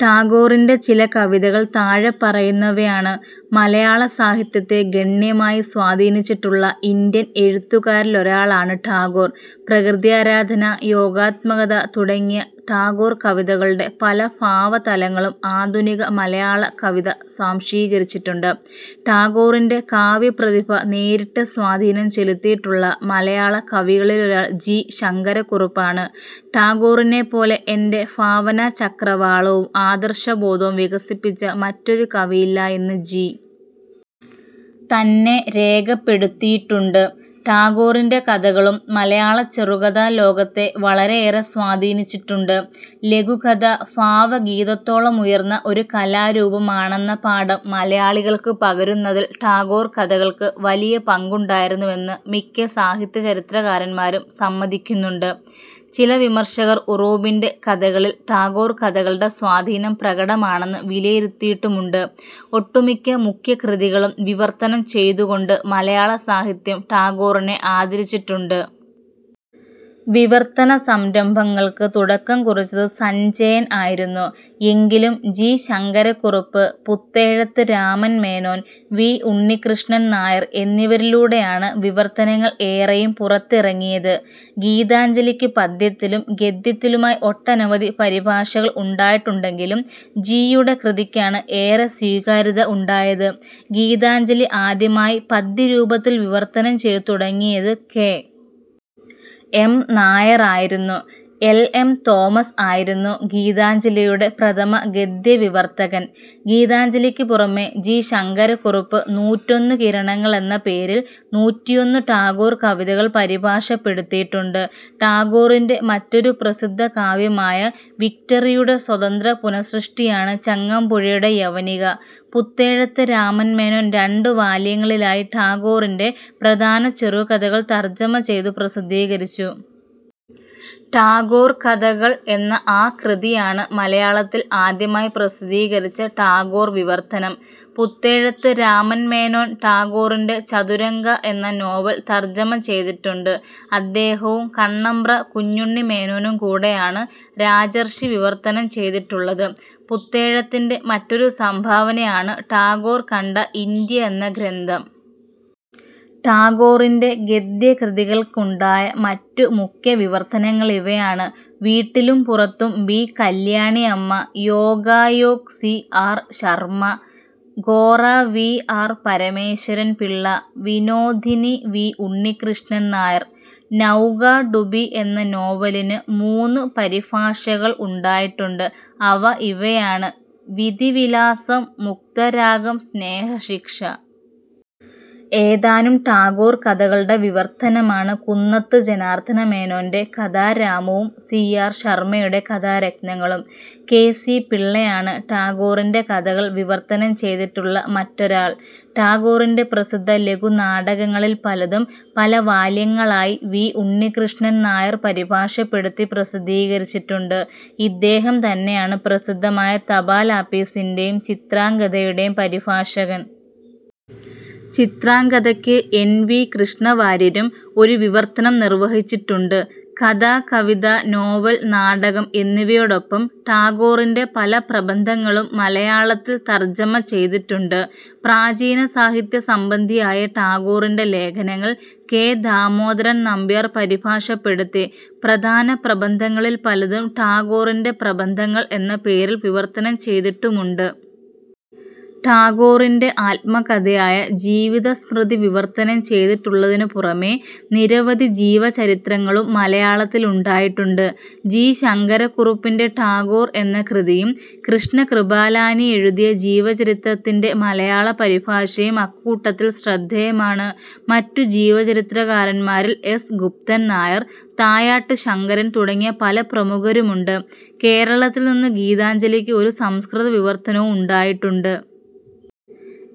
ടാഗോറിൻ്റെ ചില കവിതകൾ താഴെ പറയുന്നവയാണ്. മലയാള സാഹിത്യത്തെ ഗണ്യമായി സ്വാധീനിച്ചിട്ടുള്ള ഇന്ത്യൻ എഴുത്തുകാരിലൊരാളാണ് ടാഗോർ. പ്രകൃത്യാരാധന, യോഗാത്മകത തുടങ്ങിയ ടാഗോർ കവിതകളുടെ പല ഭാവതലങ്ങളും ആധുനിക മലയാള കവിത സ്വാംശീകരിച്ചിട്ടുണ്ട്. ടാഗോറിൻ്റെ കാവ്യപ്രതിഭ നേരിട്ട് സ്വാധീനം ചെലുത്തിയിട്ടുള്ള മലയാള കവികളിലൊരാൾ ജി. ശങ്കരക്കുറുപ്പാണ്. ടാഗോറിനെപ്പോലെ എൻ്റെ ഫാവനാചക്രവാളവും ആദർശബോധവും വികസിപ്പിച്ച മറ്റൊരു കവിയില്ല എന്ന് ജി. തന്നെ രേഖപ്പെടുത്തിയിട്ടുണ്ട്. ടാഗോറിൻ്റെ കഥകളും മലയാള ചെറുകഥാലോകത്തെ വളരെയേറെ സ്വാധീനിച്ചിട്ടുണ്ട്. ലഘുകഥ ഫാവഗീതത്തോളമുയർന്ന ഒരു കലാരൂപമാണെന്ന പാഠം മലയാളികൾക്ക് പകരുന്നതിൽ ടാഗോർ കഥകൾക്ക് വലിയ പങ്കുണ്ടായിരുന്നുവെന്ന് മിക്ക സാഹിത്യചരിത്രകാരന്മാരും സമ്മതിക്കുന്നുണ്ട്. ചില വിമർശകർ ഉറൂബിൻ്റെ കഥകളിൽ ടാഗോർ കഥകളുടെ സ്വാധീനം പ്രകടമാണെന്ന് വിലയിരുത്തിയിട്ടുമുണ്ട്. ഒട്ടുമിക്ക മുഖ്യകൃതികളും വിവർത്തനം ചെയ്തുകൊണ്ട് മലയാള സാഹിത്യം ടാഗോറിനെ ആദരിച്ചിട്ടുണ്ട്. വിവർത്തന സംരംഭങ്ങൾക്ക് തുടക്കം കുറിച്ചത് സഞ്ജയൻ ആയിരുന്നു. എങ്കിലും ജി. ശങ്കരക്കുറുപ്പ്, പുത്തേഴത്ത് രാമൻ മേനോൻ, വി. ഉണ്ണിക്കൃഷ്ണൻ നായർ എന്നിവരിലൂടെയാണ് വിവർത്തനങ്ങൾ ഏറെയും പുറത്തിറങ്ങിയത്. ഗീതാഞ്ജലിക്ക് പദ്യത്തിലും ഗദ്യത്തിലുമായി ഒട്ടനവധി പരിഭാഷകൾ ഉണ്ടായിട്ടുണ്ടെങ്കിലും ജി. യുടെ കൃതിക്കാണ് ഏറെ സ്വീകാര്യത ഉണ്ടായത്. ഗീതാഞ്ജലി ആദ്യമായി പദ്യരൂപത്തിൽ വിവർത്തനം ചെയ്തു തുടങ്ങിയത് കെ. എം. നായർ ആയിരുന്നു. എൽ. എം. തോമസ് ആയിരുന്നു ഗീതാഞ്ജലിയുടെ പ്രഥമ ഗദ്യവിവർത്തകൻ. ഗീതാഞ്ജലിക്ക് പുറമേ ജി. ശങ്കരക്കുറുപ്പ് നൂറ്റൊന്നു കിരണങ്ങൾ എന്ന പേരിൽ നൂറ്റിയൊന്ന് ടാഗോർ കവിതകൾ പരിഭാഷപ്പെടുത്തിയിട്ടുണ്ട്. ടാഗോറിൻ്റെ മറ്റൊരു പ്രസിദ്ധ കാവ്യമായ വിക്ടറിയുടെ സ്വതന്ത്ര പുനഃസൃഷ്ടിയാണ് ചങ്ങമ്പുഴയുടെ യവനിക. പുത്തേഴത്ത് രാമൻ മേനോൻ രണ്ടു വാല്യങ്ങളിലായി ടാഗോറിൻ്റെ പ്രധാന ചെറുകഥകൾ തർജ്ജമ ചെയ്തു പ്രസിദ്ധീകരിച്ചു. ടാഗോർ കഥകൾ എന്ന ആ കൃതിയാണ് മലയാളത്തിൽ ആദ്യമായി പ്രസിദ്ധീകരിച്ച ടാഗോർ വിവർത്തനം. പുത്തേഴത്ത് രാമൻ മേനോൻ ടാഗോറിൻ്റെ ചതുരംഗ എന്ന നോവൽ തർജ്ജമ ചെയ്തിട്ടുണ്ട്. അദ്ദേഹവും കണ്ണമ്പ്ര കുഞ്ഞുണ്ണിമേനോനും കൂടെയാണ് രാജർഷി വിവർത്തനം ചെയ്തിട്ടുള്ളത്. പുത്തേഴത്തിൻ്റെ മറ്റൊരു സംഭാവനയാണ് ടാഗോർ കണ്ട ഇന്ത്യ എന്ന ഗ്രന്ഥം. ടാഗോറിൻ്റെ ഗദ്യകൃതികൾക്കുണ്ടായ മറ്റു മുഖ്യവിവർത്തനങ്ങൾ ഇവയാണ്, വീട്ടിലും പുറത്തും B. Kalyaniamma, Yogayog C. R. Sharma, Gora V. R. Parameswaran Pillai, Vinodini V. Unnikrishnan Nair. Nauka Dubi എന്ന നോവലിന് മൂന്നു പരിഫാഷകൾ ഉണ്ടായിട്ടുണ്ട്. അവ ഇവയാണ് വിധി വിലാസം, മുഗ്ദ്ധരാഗം, സ്നേഹശിക്ഷ. ഏതാനും ടാഗോർ കഥകളുടെ വിവർത്തനമാണ് കുന്നത്ത് ജനാർദനമേനോൻ്റെ കഥാരാമവും സി. ആർ. ശർമയുടെ കഥാരത്നങ്ങളും. കെ. സി. പിള്ളയാണ് ടാഗോറിൻ്റെ കഥകൾ വിവർത്തനം ചെയ്തിട്ടുള്ള മറ്റൊരാൾ. ടാഗോറിൻ്റെ പ്രസിദ്ധ ലഘുനാടകങ്ങളിൽ പലതും പല വാല്യങ്ങളായി വി. ഉണ്ണിക്കൃഷ്ണൻ നായർ പരിഭാഷപ്പെടുത്തി പ്രസിദ്ധീകരിച്ചിട്ടുണ്ട്. ഇദ്ദേഹം തന്നെയാണ് പ്രസിദ്ധമായ തപാലാപ്പീസിൻ്റെയും ചിത്രാംഗദയുടെയും പരിഭാഷകൻ. ചിത്രാംഗദയ്ക്ക് എൻ. വി. കൃഷ്ണവാര്യരും ഒരു വിവർത്തനം നിർവഹിച്ചിട്ടുണ്ട്. കഥ, കവിത, നോവൽ, നാടകം എന്നിവയോടൊപ്പം ടാഗോറിൻ്റെ പല പ്രബന്ധങ്ങളും മലയാളത്തിൽ തർജ്ജമ ചെയ്തിട്ടുണ്ട്. പ്രാചീന സാഹിത്യസംബന്ധിയായ ടാഗോറിൻ്റെ ലേഖനങ്ങൾ കെ. ദാമോദരൻ നമ്പ്യാർ പരിഭാഷപ്പെടുത്തി. പ്രധാന പ്രബന്ധങ്ങളിൽ പലതും ടാഗോറിൻ്റെ പ്രബന്ധങ്ങൾ എന്ന പേരിൽ വിവർത്തനം ചെയ്തിട്ടുമുണ്ട്. ടാഗോറിൻ്റെ ആത്മകഥയായ ജീവിതസ്മൃതി വിവർത്തനം ചെയ്തിട്ടുള്ളതിന് പുറമേ നിരവധി ജീവചരിത്രങ്ങളും മലയാളത്തിലുണ്ടായിട്ടുണ്ട്. ജി. ശങ്കരക്കുറുപ്പിൻ്റെ ടാഗോർ എന്ന കൃതിയും കൃഷ്ണ കൃപാലാനി എഴുതിയ ജീവചരിത്രത്തിൻ്റെ മലയാള പരിഭാഷയും അക്കൂട്ടത്തിൽ ശ്രദ്ധേയമാണ്. മറ്റു ജീവചരിത്രകാരന്മാരിൽ എസ്. ഗുപ്തൻ നായർ, തായാട്ട് ശങ്കരൻ തുടങ്ങി പല പ്രമുഖരുമുണ്ട്. കേരളത്തിൽ നിന്ന് ഗീതാഞ്ജലിക്ക് ഒരു സംസ്കൃത വിവർത്തനവും ഉണ്ടായിട്ടുണ്ട്.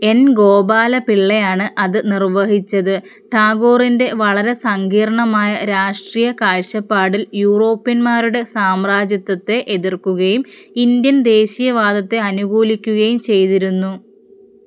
എൻ. ഗോപാലപിള്ളയാണ് അത് നിർവഹിച്ചത്. ടാഗോറിൻ്റെ വളരെ സങ്കീർണ്ണമായ രാഷ്ട്രീയ കാഴ്ചപ്പാടിൽ യൂറോപ്യന്മാരുടെ സാമ്രാജ്യത്വത്തെ എതിർക്കുകയും ഇന്ത്യൻ ദേശീയവാദത്തെ അനുകൂലിക്കുകയും ചെയ്തിരുന്നു.